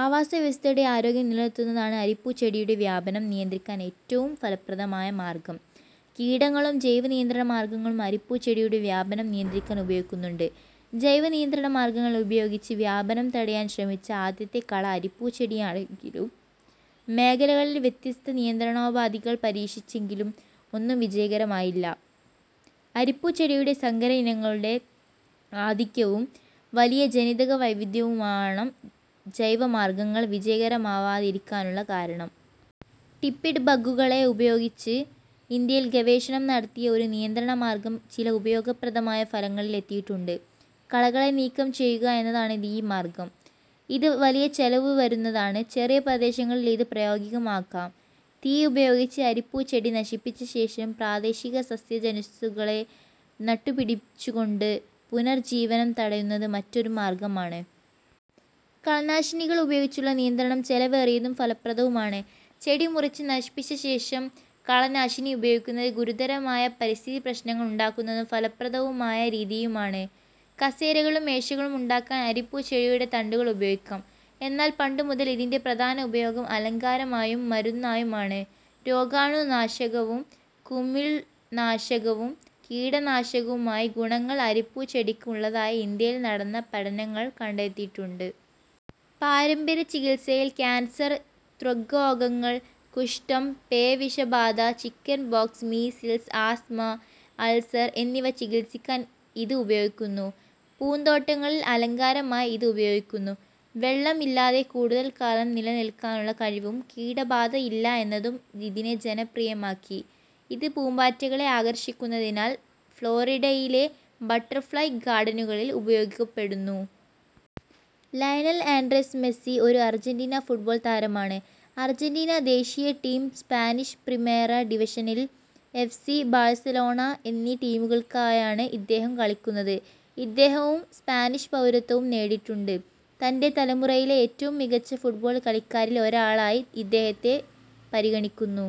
ആവാസവ്യവസ്ഥയുടെ ആരോഗ്യം നിലനിർത്തുന്നതാണ് അരിപ്പൂച്ചെടിയുടെ വ്യാപനം നിയന്ത്രിക്കാൻ ഏറ്റവും ഫലപ്രദമായ മാർഗം. കീടങ്ങളും ജൈവ നിയന്ത്രണ മാർഗങ്ങളും അരിപ്പൂച്ചെടിയുടെ വ്യാപനം നിയന്ത്രിക്കാൻ ഉപയോഗിക്കുന്നുണ്ട്. ജൈവ നിയന്ത്രണമാർഗങ്ങൾ ഉപയോഗിച്ച് വ്യാപനം തടയാൻ ശ്രമിച്ച ആദ്യത്തെ കള അരിപ്പൂച്ചെടിയാണെങ്കിലും മേഖലകളിൽ വ്യത്യസ്ത നിയന്ത്രണോപാധികൾ പരീക്ഷിച്ചെങ്കിലും ഒന്നും വിജയകരമായില്ല. അരിപ്പൂച്ചെടിയുടെ സങ്കരയിനങ്ങളുടെ ആധിക്യവും വലിയ ജനിതകവൈവിധ്യവുമാവണം ജൈവ മാർഗങ്ങൾ വിജയകരമാവാതിരിക്കാനുള്ള കാരണം. ടിപ്പിഡ് ബഗ്ഗുകളെ ഉപയോഗിച്ച് ഇന്ത്യയിൽ ഗവേഷണം നടത്തിയ ഒരു നിയന്ത്രണ മാർഗം ചില ഉപയോഗപ്രദമായ ഫലങ്ങളിൽ എത്തിയിട്ടുണ്ട്. കളകളെ നീക്കം ചെയ്യുക എന്നതാണ് ഈ മാർഗം. ഇത് വലിയ ചെലവു വരുന്നതാണ്. ചെറിയ പ്രദേശങ്ങളിൽ ഇത് പ്രായോഗികമാക്കാം. തീ ഉപയോഗിച്ച് അരിപ്പൂച്ചെടി നശിപ്പിച്ചശേഷം പ്രാദേശിക സസ്യജനുസ്സുകളെ നട്ടുപിടിപ്പിച്ചുകൊണ്ട് പുനർജീവനം തടയുന്നത് മറ്റൊരു മാർഗ്ഗമാണ്. കളനാശിനികൾ ഉപയോഗിച്ചുള്ള നിയന്ത്രണം ചെലവേറിയതും ഫലപ്രദവുമാണ്. ചെടി മുറിച്ച് നശിപ്പിച്ചശേഷം കളനാശിനി പ്രയോഗിക്കുന്നത് ഗുരുതരമായ പരിസ്ഥിതി പ്രശ്നങ്ങൾ ഉണ്ടാക്കുന്നതും ഫലപ്രദവുമായ രീതിയാണ്. കസേരകളും മേശകളും ഉണ്ടാക്കാൻ അരിപ്പൂച്ചെടിയുടെ തണ്ടുകൾ ഉപയോഗിക്കാം. എന്നാൽ പണ്ടുമുതൽ ഇതിന്റെ പ്രധാന ഉപയോഗം അലങ്കാരമായും മരുന്നായും ആണ്. രോഗാണു നാശകവും, കുമിൾനാശകവും, കീടനാശകവുമായ ഗുണങ്ങൾ അരിപ്പൂച്ചെടിക്ക് ഉള്ളതായി ഇന്ത്യയിൽ നടന്ന പഠനങ്ങൾ കണ്ടെത്തിയിട്ടുണ്ട്. പാരമ്പര്യ ചികിത്സയിൽ കാൻസർ, ത്വഗ്രോഗങ്ങൾ, കുഷ്ഠം, പേവിഷബാധ, ചിക്കൻപോക്സ്, മീസിൽസ്, ആസ്ത്മ, അൾസർ എന്നിവ ചികിത്സിക്കാൻ ഇത് ഉപയോഗിക്കുന്നു. പൂന്തോട്ടങ്ങളിൽ അലങ്കാരമായി ഇത് ഉപയോഗിക്കുന്നു. വെള്ളം ഇല്ലാതെ കൂടുതൽ കാലം നിലനിൽക്കാനുള്ള കഴിവും, കീടബാധ ഇല്ല എന്നതും ഇതിനെ ജനപ്രിയമാക്കി.. ഇത് പൂമ്പാറ്റകളെ ആകർഷിക്കുന്നതിനാൽ ഫ്ലോറിഡയിലെ ബട്ടർഫ്ലൈ ഗാർഡനുകളിൽ ഉപയോഗിക്കപ്പെടുന്നു. ലയണൽ ആൻഡ്രെസ് മെസ്സി ഒരു അർജെന്റീന ഫുട്ബോൾ താരമാണ്. അർജന്റീന ദേശീയ ടീം, സ്പാനിഷ് പ്രിമേറ ഡിവിഷനിൽ എഫ്. സി. ബാഴ്സലോണ എന്നീ ടീമുകൾക്കായാണ് ഇദ്ദേഹം കളിക്കുന്നത്. ഇദ്ദേഹം സ്പാനിഷ് പൗരത്വവും നേടിയിട്ടുണ്ട്. തന്റെ തലമുറയിലെ ഏറ്റവും മികച്ച ഫുട്ബോൾ കളിക്കാരിൽ ഒരാളായി അദ്ദേഹത്തെ പരിഗണിക്കുന്നു.